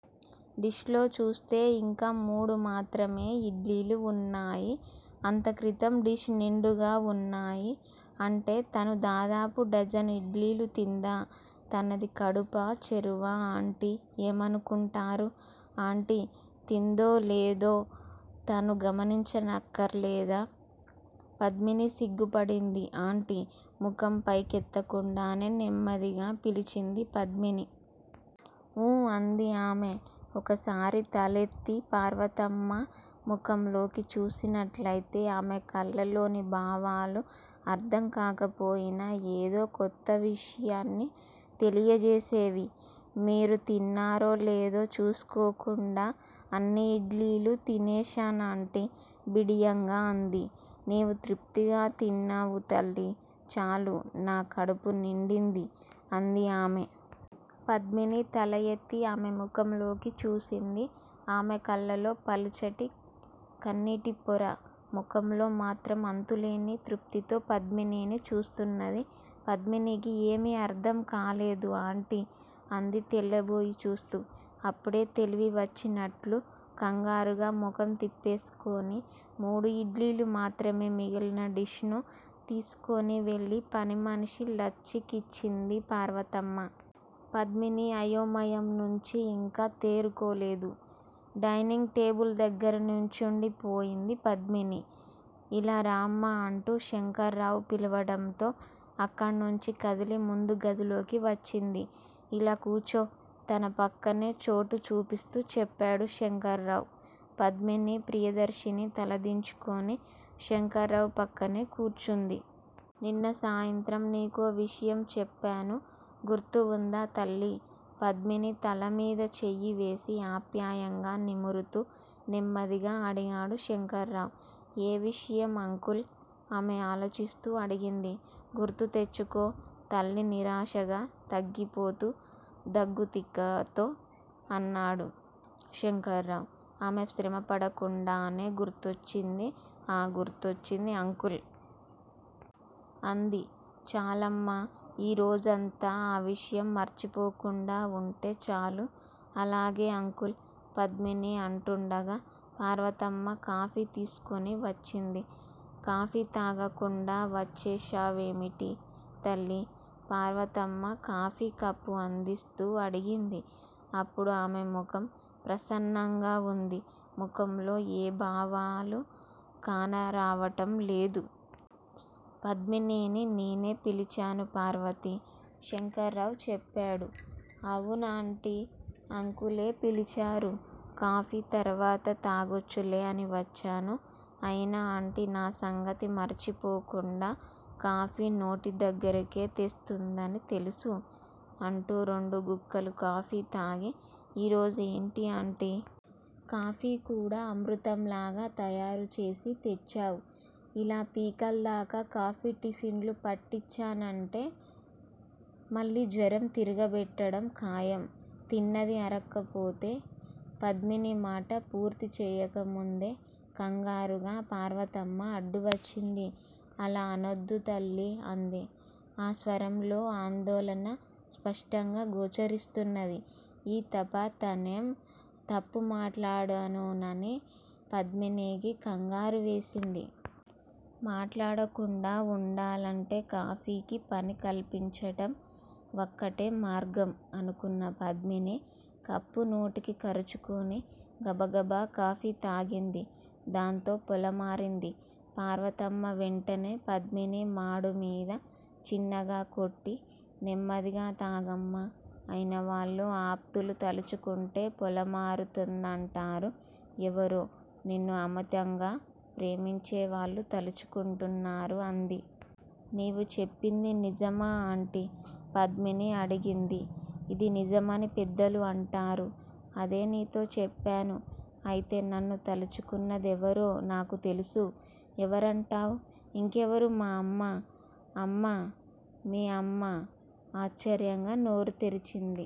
Dish లో చూస్తే యింక మూడు మాత్రమే ఇడ్లీలు వున్నాయి. అంతక్రితం డిష్ నిండుగా ఉన్నాయి. అంటే తను దాదాపు డజను ఇడ్లీలు తిందా! తనది కడుపా చెరువా ఆంటీ ఏమనుకుంటారు! ఆంటీ తిందో లేదో తను గమనించక్కరలేదా? పద్మిని సిగ్గుపడింది. ఆంటీ! ముఖం పైకెత్తకుండానే నెమ్మదిగా పిలిచింది పద్మిని. ఊ అంది ఆమె. ఒక్కసారి తలెత్తి పార్వతమ్మ ముఖంలోకి చూసినట్లయితే ఆమె కళ్ళల్లోని భావాలు అర్ధంకాకపోయినా ఏదో కొత్త విషయాన్ని తెలియజేసేవి. మీరు తిన్నారో లేదో చూసుకోకుండా అన్ని ఇడ్లీలు తినేశానాంటీ! బిడియంగా అంది. నీవు తృప్తిగా తిన్నావు తల్లీ! చాలు నా కడుపు నిండింది అంది ఆమె. పద్మిని తలయెత్తి ఆమె ముఖంలోకి చూసింది. ఆమె కళ్ళల్లో పల్చటి కన్నీటి పొర. ముఖంలో మాత్రం అంతులేని తృప్తితో పద్మినిని చూస్తున్నది. పద్మినికి ఏమీ అర్ధంకాలేదు ఆంటీ! అంది తెల్లబోయి చూస్తూ. అప్పుడే తెలివి వచ్చినట్లు కంగారుగా ముఖం తిప్పేసుకొని మూడు ఇడ్లీలు మాత్రమే మిగిలిన డిష్ ను తీసుకొని వెళ్ళి పనిమనిషి లచ్చికిచ్చింది పార్వతమ్మ. పద్మిని అయోమయంనుంచి ఇంకా తేరుకోలేదు. డైనింగ్ టేబుల్ దగ్గర నుంచుండిపోయింది పద్మినీ! ఇలా రామ్మా అంటూ శంకర్రావు పిలవటంతో అక్కడనుంచి కదిలి ముందు గదిలోకి వచ్చింది. ఇలా కూర్చో! తన పక్కనే చోటు చూపిస్తూ చెప్పాడు శంకర్రావు. పద్మిని ప్రియదర్శిని తల దించుకొని శంకర్రావు పక్కనే కూర్చుంది. నిన్న సాయంత్రం నీకో విషయం చెప్పాను గుర్తువుందా తల్లీ! పద్మిని తలమీద చేయివేసి ఆప్యాయంగా నిమురుతూ నెమ్మదిగా అడిగాడు శంకర్రావు. ఏ విషయం అంకుల్! ఆమె ఆలోచిస్తూ అడిగింది. గుర్తు తెచ్చుకో తల్లీ! నిరాశగా తగ్గిపోతూ దగ్గుత్తికతో అన్నాడు శంకర్రావు. ఆమె శ్రమపడకుండానే గుర్తొచ్చింది. ఆ గుర్తొచ్చింది అంకుల్! అంది. చాలమ్మా ఈ రోజంతా ఆ విషయం మరచిపోకుండా వుంటే చాలు అలాగే అంకుల్! పద్మిని అంటుండగా పార్వతమ్మ కాఫీ తీసుకొని వచ్చింది. కాఫీ తాగకుండా వచ్చేశావేమిటి తల్లీ! పార్వతమ్మ కాఫీ కప్పు అందిస్తూ అడిగింది. అప్పుడు ఆమె ముఖం ప్రసన్నంగా వుంది. ముఖంలో ఏ భావాలూ కానరావటం లేదు. పద్మినిని నేనే పిలిచాను పార్వతీ! శంకర్రావు చెప్పాడు. అవును ఆంటీ! అంకుల్ పిలిచారు. కాఫీ తర్వాత తాగొచ్చులే అని వచ్చాను. అయినా ఆంటీ నా సంగతి మరచిపోకుండా కాఫీ నోటిదగ్గరకే తెస్తుందని తెలుసు అంటూ రెండు గుక్కలు కాఫీ తాగి ఈ రోజు ఏంటి ఆంటీ! కాఫీ కూడా అమృతంలాగా తయారుచేసి తెచ్చావ్! ఇలా పీకలదాకా కాఫీ టిఫెన్ లు పట్టించానంటే మళ్ళీ జ్వరం తిరగబెట్టడం ఖాయం తిన్నది అరక్కపోతే పద్మిని మాట పూర్తిచేయకముందే కంగారుగా పార్వతమ్మ అడ్డువచ్చింది. అలా అనొద్దు తల్లీ అంది ఆ స్వరంలో ఆందోళన స్పష్టంగా గోచరిస్తున్నది. ఈ తఫా తనేం తప్పుమాట్లాడోనని పద్మినికి కంగారు వేసింది. మాట్లాడకుండా వుండాలంటే కాఫీకి పని కల్పించటం వక్కటే మార్గం అనుకున్న పద్మిని కప్పు నోటికి కరచుకుని గబగబా కాఫీ తాగింది. దాంతో పొలమారింది. పార్వతమ్మ వెంటనే పద్మిని మాడుమీద చిన్నగకొట్టి నెమ్మదిగా తాగమ్మా! అయినవాళ్ళు ఆప్తులు తలుచుకుంటే పొలమారుతుందంటారు. ఎవరో నిన్ను అమితంగా ప్రేమించేవాళ్లే తలుచుకుంటున్నారు అంది. నీవు చెప్పింది నిజమా ఆంటీ? పద్మిని అడిగింది. ఇది నిజమని పెద్దలు అంటారు. అదే నీతో చెప్పాను అయితే నన్ను తలుచుకున్నదెవరో నాకు తెలుసు? ఎవరంటావ్? ఇంకెవరు మా అమ్మ! అమ్మ, మీ అమ్మ? ఆశ్చర్యంగా నోరు తెరిచింది